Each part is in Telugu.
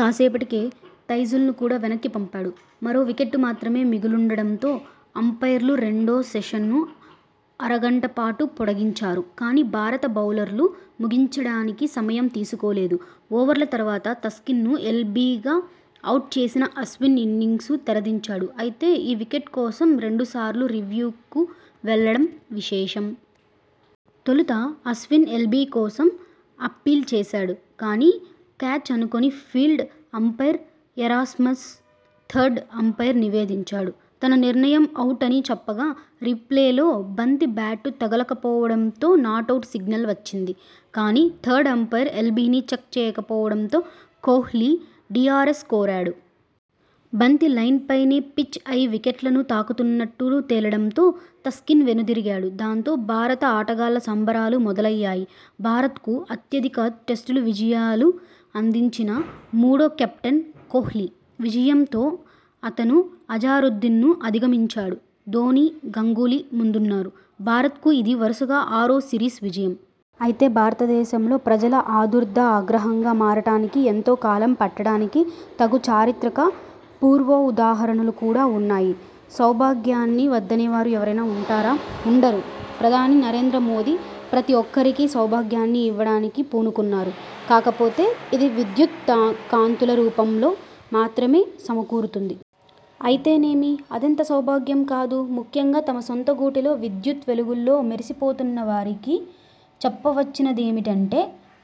కాసేపటికే తైజుల్ ను కూడా వెనక్కి పంపాడు. మరో వికెట్ మాత్రమే మిగిలుండడంతో అంపైర్లు రెండో సెషన్ను అరగంటపాటు పొడిగించారు. కానీ, భారత బౌలర్లు ముగించడానికి సమయం తీసుకోలేదు. ఓవర్ల తర్వాత తస్కిన్ ను ఎల్బీగా అవుట్ చేసిన అశ్విన్ ఇన్నింగ్స్కు తెరదించాడు. అయితే, ఈ వికెట్ కోసం రెండు సార్లు రివ్యూకు వెళ్లడం విశేషం. తొలుత అశ్విన్ ఎల్బీ కోసం అప్పీల్ చేశాడు. కానీ, క్యాచ్ అనుకొని ఫీల్డ్ అంపైర్ ఎరాస్మస్ థర్డ్ అంపైర్కు నివేదించాడు. తన నిర్ణయం అవుటని చెప్పగా రీప్లేలో బంతి బ్యాట్కు తగలకపోవడంతో నాటౌట్ సిగ్నల్ వచ్చింది. కానీ, థర్డ్ అంపైర్ ఎల్బీని చెక్ చేయకపోవడంతో కోహ్లీ డీఆర్ఎస్ కోరాడు. బంతి లైన్పై పిచ్ అయి వికెట్లను తాకుతున్నట్టు తేలడంతో తస్కిన్ వెనుదిరిగాడు. దాంతో, భారత ఆటగాళ్ల సంబరాలు మొదలయ్యాయి. భారత్కు అత్యధిక టెస్టు విజయాలు అందించిన మూడో కెప్టెన్ కోహ్లీ. విజయంతో అతను అజరుద్దీన్ ను అధిగమించాడు. ధోనీ, గంగూలీ ముందున్నారు. భారత్కు ఇది వరుసగా ఆరో సిరీస్ విజయం. అయితే భారతదేశంలో ప్రజల ఆదుర్దా ఆగ్రహంగా మారటానికి ఎంతోకాలం పట్టదనడానికి తగు చారిత్రక పూర్వోదాహరణలు కూడా వున్నాయి. సౌభాగ్యాన్ని వద్దనేవారు ఎవరైనా వుంటారా? ఉండరు. ప్రధాని నరేంద్ర మోదీ ప్రతి ఒక్కరికి 'సౌభాగ్యాన్ని' ఇవ్వడానికి పూనుకున్నారు. కాకపోతే, ఇది విద్యుత్ కాంతుల రూపంలో మాత్రమే సమకూరుతుంది. అయితేనేమి, అదెంత సౌభాగ్యం కాదూ ముఖ్యంగా తమ సొంత గూటిలో విద్యుత్ వెలుగుల్లో మెరిసిపోనున్న వారికి? చెప్పవచ్చినదేమిటంటే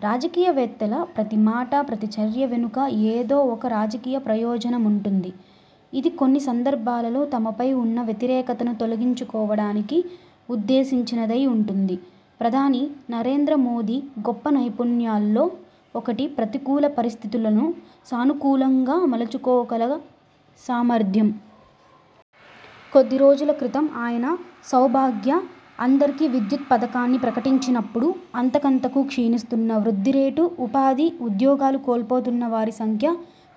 రాజకీయవేత్తల ప్రతి మాట, ప్రతి చర్య వెనుక ఏదో ఒక రాజకీయ ప్రయోజనముంటుంది. ఇది కొన్ని సందర్భాలలో తమపై వున్న వ్యతిరేకతను తొలగించుకోవడానికి ఉద్దేశించినదై వుంటుంది. ప్రధాని నరేంద్ర మోదీ గొప్ప నైపుణ్యాల్లో ఒకటి ప్రతికూల పరిస్థితులను సానుకూలంగా మలచుకోగల సామర్థ్యం. కొద్దిరోజులక్రితం ఆయన సౌభాగ్య 'అందరికీ విద్యుత్తు' పథకాన్ని ప్రకటించినప్పుడు, అంతకంతకూ క్షీణిస్తున్న వృద్ధి రేటు, ఉపాధి, ఉద్యోగాలు కోల్పోతున్న వారి సంఖ్య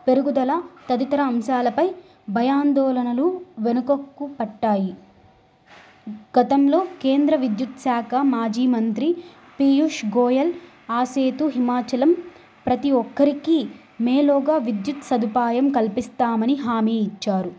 పెరుగుదల తదితర అంశాలపై భయాందోళనలు వెనకపట్టుపట్టాయి. గతంలో కేంద్ర విద్యుత్ శాఖ మాజీ మంత్రి పీయూష్ గోయల్ ఆసేతు హిమాచలం ప్రతి ఒక్కరికీ మే లోగా విద్యుత్ సదుపాయం కల్పిస్తామని హామీ ఇచ్చారు.